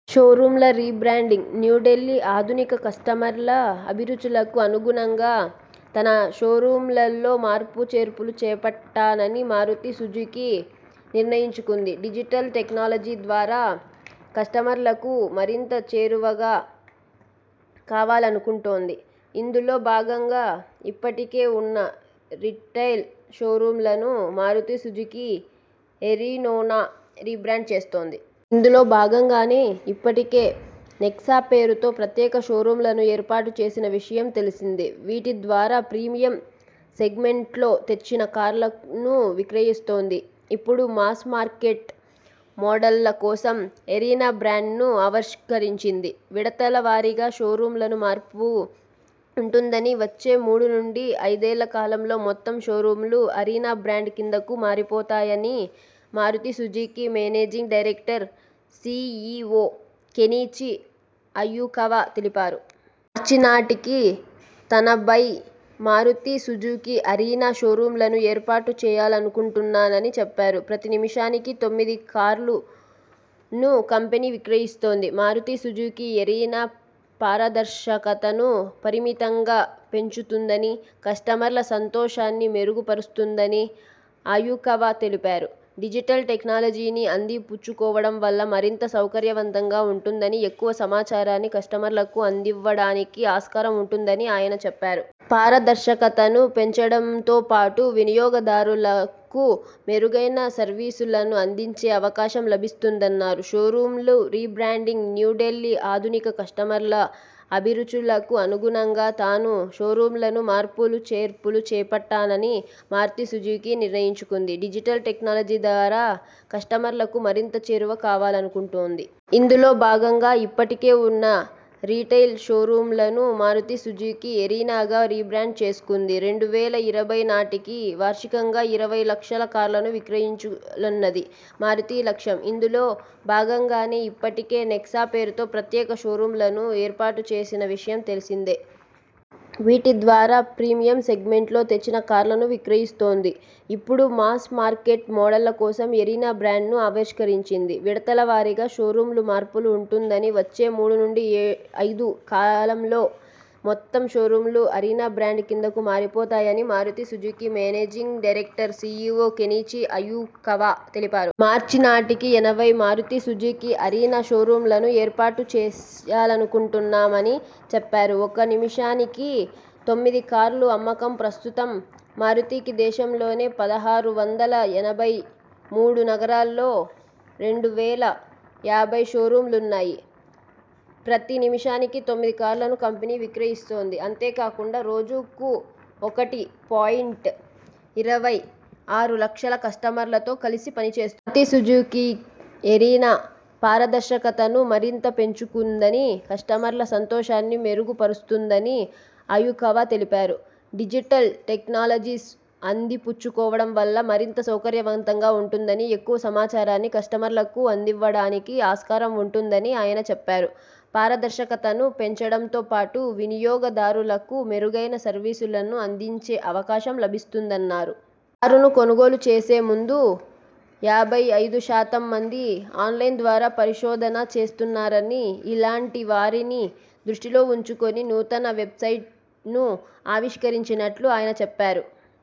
షోరూమ్ల rebranding New Delhi ఆధునిక కస్టమర్ల అభిరుచులకు అనుగుణంగా తన షోరూమ్లలో మార్పులు చేర్పులు చేపట్టాలని మారుతి సుజుకీ నిర్ణయించుకుంది. డిజిటల్ టెక్నాలజీ ద్వారా కస్టమర్లకు మరింత చేరువ కావాలనుకుంటోంది. ఇందులో భాగంగా ఇప్పటికే ఉన్న రిటైల్ షోరూమ్లను మారుతి సుజుకీ ఎరీనాగా రీబ్రాండ్ చేస్తోంది. ఇందులో భాగంగానే ఇప్పటికే నెక్సా పేరుతో ప్రత్యేక షోరూమ్లను ఏర్పాటు చేసిన విషయం తెలిసిందే. వీటి ద్వారా ప్రీమియం సెగ్మెంట్లో తెచ్చిన కార్లను విక్రయిస్తోంది. ఇప్పుడు మాస్ మార్కెట్ మోడళ్ల కోసం ఎరీనా బ్రాండ్ను ఆవిష్కరించింది. విడతల వారీగా షోరూమ్ల మార్పు ఉంటుందని, వచ్చే మూడు నుంచి ఐదేళ్ల కాలంలో మొత్తం షోరూమ్లు అరీనా బ్రాండ్ కిందకు మారిపోతాయని Maruti Suzuki managing director, CEO Kenichi Ayukawa తెలిపారు. మార్చి నాటికి తనాపై మారుతి సుజుకీ అరీనా షోరూమ్లను ఏర్పాటు చేయాలనుకుంటున్నామని చెప్పారు. ప్రతి నిమిషానికి తొమ్మిది కార్లను కంపెనీ విక్రయిస్తోంది. మారుతి సుజుకీ ఎరీనా పార దర్శకతను మరింతగా పెంచుతుందని, కస్టమర్ల సంతోషాన్ని మెరుగు పరుస్తుందని అయుకవా తెలిపారు. డిజిటల్ టెక్నాలజీని అంది పుచ్చుకోవడం వల్ల మరింత సౌకర్యవంతంగా ఉంటుందని, ఎక్కువ సమాచారాన్ని కస్టమర్లకు అందివ్వడానికి ఆస్కారం ఉంటుందని ఆయన చెప్పారు. పారదర్శకతను పెంచడంతో పాటు వినియోగదారులకు మెరుగైన సర్వీసులను అందించే అవకాశం లభిస్తుందన్నారు. షోరూమ్ల రీబ్రాండింగ్ న్యూ ఢిల్లీ ఆధునిక కస్టమర్ల అభి రుచులకు అనుగుణంగా తను షోరూమ్లలో మార్పులు చేర్పులు చేపట్టాలని మారుతి సుజుకీ నిర్ణయించుకుంది. డిజిటల్ టెక్నాలజీ ద్వారా కస్టమర్లకు మరింత చేరువ కావాలనుకుంటోంది. ఇందులో భాగంగా ఇప్పటికే ఉన్న రిటైల్ షోరూమ్లను మారుతి సుజుకీ ఎరీనాగా రీబ్రాండ్ చేస్తోంది. రెండు వేల ఇరవై నాటికి వార్షికంగా ఇరవై లక్షల కార్లను విక్రయించాలన్నది మారుతి లక్ష్యం. ఇందులో భాగం గానే ఇప్పటికే నెక్సా పేరుతో ప్రత్యేక షోరూమ్లను ఏర్పాటు చేసిన విషయం తెలిసిందే. వీటి ద్వారా ప్రీమియం సెగ్మెంట్లో తెచ్చిన కార్లను విక్రయిస్తోంది. ఇప్పుడు మాస్ మార్కెట్ మోడళ్ల కోసం ఎరీనా బ్రాండ్ను ఆవిష్కరించింది. విడతల వారీగా షోరూమ్ల మార్పు ఉంటుందని, వచ్చే మూడు నుంచి ఐదేళ్ల కాలంలో మొత్తం షోరూమ్లు అరీనా బ్రాండ్ కిందకు మారిపోతాయని Maruti Suzuki managing director, CEO Kenichi Ayukawa తెలిపారు. మార్చి నాటికి ఎనభై మారుతి సుజుకీ అరీనా షోరూమ్లను ఏర్పాటు చేయాలనుకుంటున్నామని చెప్పారు. ఒక నిమిషం తొమ్మిది కార్ల అమ్మకం ప్రస్తుతం మారుతికి దేశంలోని పదహారు వందల ఎనభై మూడు నగరాల్లో రెండు వేల యాభై షోరూమ్లున్నాయి. ప్రతి నిమిషానికి తొమ్మిది కార్లను కంపెనీ విక్రయిస్తోంది. అంతే కాకుండా రోజుకు ఒకటి పాయింట్ ఇరవై ఆరు లక్షల కస్టమర్లతో కలిసి పనిచేస్తోంది. మారుతి సుజుకీ ఎరీనా పార దర్శకతను మరింతగా పెంచుతుందని, కస్టమర్ల సంతోషాన్ని మెరుగు పరుస్తుందని అయుకవా తెలిపారు. డిజిటల్ టెక్నాలజీని అంది పుచ్చుకోవడం వల్ల మరింత సౌకర్యవంతంగా ఉంటుందని, ఎక్కువ సమాచారాన్ని కస్టమర్లకు అందివ్వడానికి ఆస్కారం ఉంటుందని ఆయన చెప్పారు. పార దర్శకతను పెంచడంతో పాటు వినియోగ దారులకు మెరుగైన సర్వీసులను అందించే అవకాశం లభిస్తుందన్నారు. కారును కొనుగోలు చేసే ముందు డెబ్బై ఐదు శాతం మంది ఆన్లైన్ ద్వారా పరిశోధనా చేస్తున్నారని, ఇలాంటి వారిని దృష్టిలో ఉంచుకుని నూతన వెబ్సైట్ను ఆవిష్కరించినట్టు ఆయన చెప్పారు.